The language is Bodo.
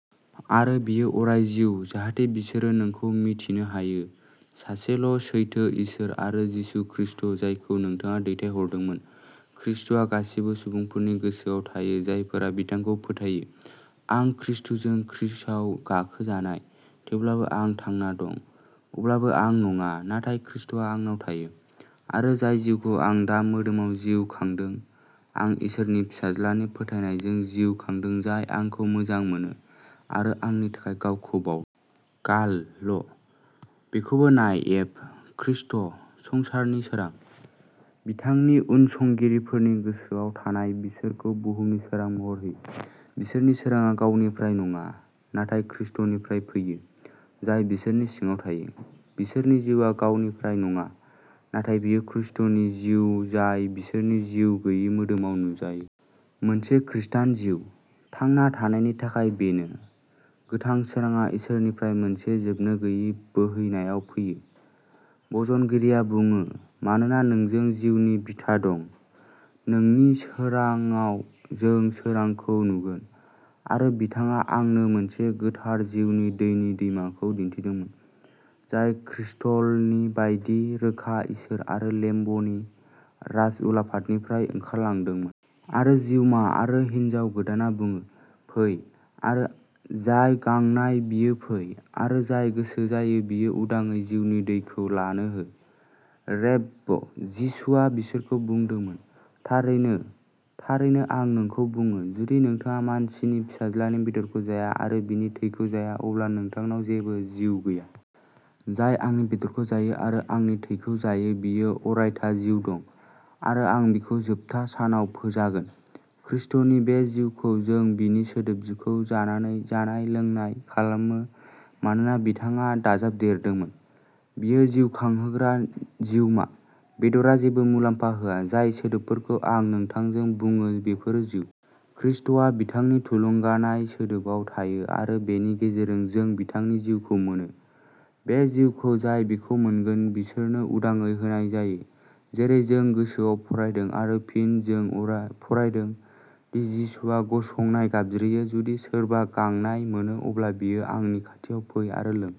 आरो बेयो अराय जिउ, जाहाथे बिसोरो नोंखौ मिथिनो हायो, सासेल'सैथो इसोर आरो जिसु ख्रीष्ट जायखौ नोंथाङा दैथायहरदोंमोन। ख्रीष्टआ गासिबो सुबुंफोरनि गोसोआव थायो जायफोरा बिथांखौ फोथायो।" आं खृष्टजों क्रुसाव गाखोजानाय; थेवब्लाबो आं थांना दं; अब्लाबो आं नङा, नाथाय खृष्टआ आंनाव थायो; आरो जाय जिउखौ आं दा मोदोमाव जिउ खांदों आं इसोरनि फिसाज्लानि फोथायनायजों जिउ खांदों जाय आंखौ मोजां मोनो, आरो आंनि थाखाय गावखौ बाउदों। "गाल. बेखौबो नाय एफ. ख्रीष्ट, संसारनि सोरां, बिथांनि उनसंगिरिफोरनि गोसोयाव थानाय, बिसोरखौ बुहुमनि सोरां महर होयो। बिसोरनि सोरांआ गावनिफ्राय नङा, नाथाय ख्रीष्टनिफ्राय फैयो, जाय बिसोरनि सिङाव थायो। बिसोरनि जिउआ गावनिफ्राय नङा, नाथाय बेयो ख्रीष्टनि जिउ जाय बिसोरनि जिउ गैयै मोदोमाव नुजायो। "मोनसे खृष्टान जिउ" थांना थानायनि थाखाय बेनो। गोथां सोरांआ इसोरनिफ्राय मोनसे जोबनोगैयै बोहैनायाव फैयो। भजनगिरिआ बुङोः "मानोना नोंजों जिउनि बिथा दं; नोंनि सोरांाव जों सोरांखौ नुगोन।" "आरो बिथाङा आंनो मोनसे गोथार जिउनि दैनि दैमाखौ दिन्थिदोंमोन, जाय क्रिस्टलनि बायदि रोखा, इसोर आरो लेम्बनि राजउलाफादनिफ्राय ओंखारलांदोंमोन।" "आरो जिउमा आरो हिन्जाव गोदानआ बुङो, फै। आरो जाय गांनाय, बियो फै। आरो जाय गोसो जायो, बियो उदांयै जिउनि दैखौ लानो हो।" "रेभ. जिसुआ बिसोरखौ बुंदोंमोन, थारैनो, थारैनो आं नोंखौ बुङो, जुदि नोंथाङा मानसिनि फिसाज्लानि बेदरखौ जाया आरो बिनि थैखौ जाया, अब्ला नोंथांनाव जेबो जिउ गैया। जाय आंनि बेदरखौ जायो आरो आंनि थैखौ जायो, बियो अरायथा जिउ दं; आरो आं बिखौ जोबथा सानाव फोजागोन। ख्रीष्टनि बे जिउखौ जों बिनि सोदोबखौ जानानै जानाय-लोंनाय खालामो, मानोना बिथाङा दाजाबदेरदोंमोन," बेयो जिउखांहोग्रा जिउमा; बेदरआ जेबो मुलाम्फा होआ; जाय सोदोबफोरखौ आं नोंथांजों बुङो, बेफोरो जिउ। ख्रीष्टआ बिथांनि थुलुंगानाय सोदोबआव थायो, आरो बेनि गेजेरजों जों बिथांनि जिउखौ मोनो। बे जिउखौ जाय बेखौ मोनगोन, बिसोरनो उदांयै होनाय जायो, जेरै जों गोजौआव फरायदों; आरो फिन जों फरायदों दि जिसुआ गसंनानै गाबज्रियो," जुदि सोरबा गांनाय मोनो, अब्ला बियो आंनि खाथियाव फै आरो लों।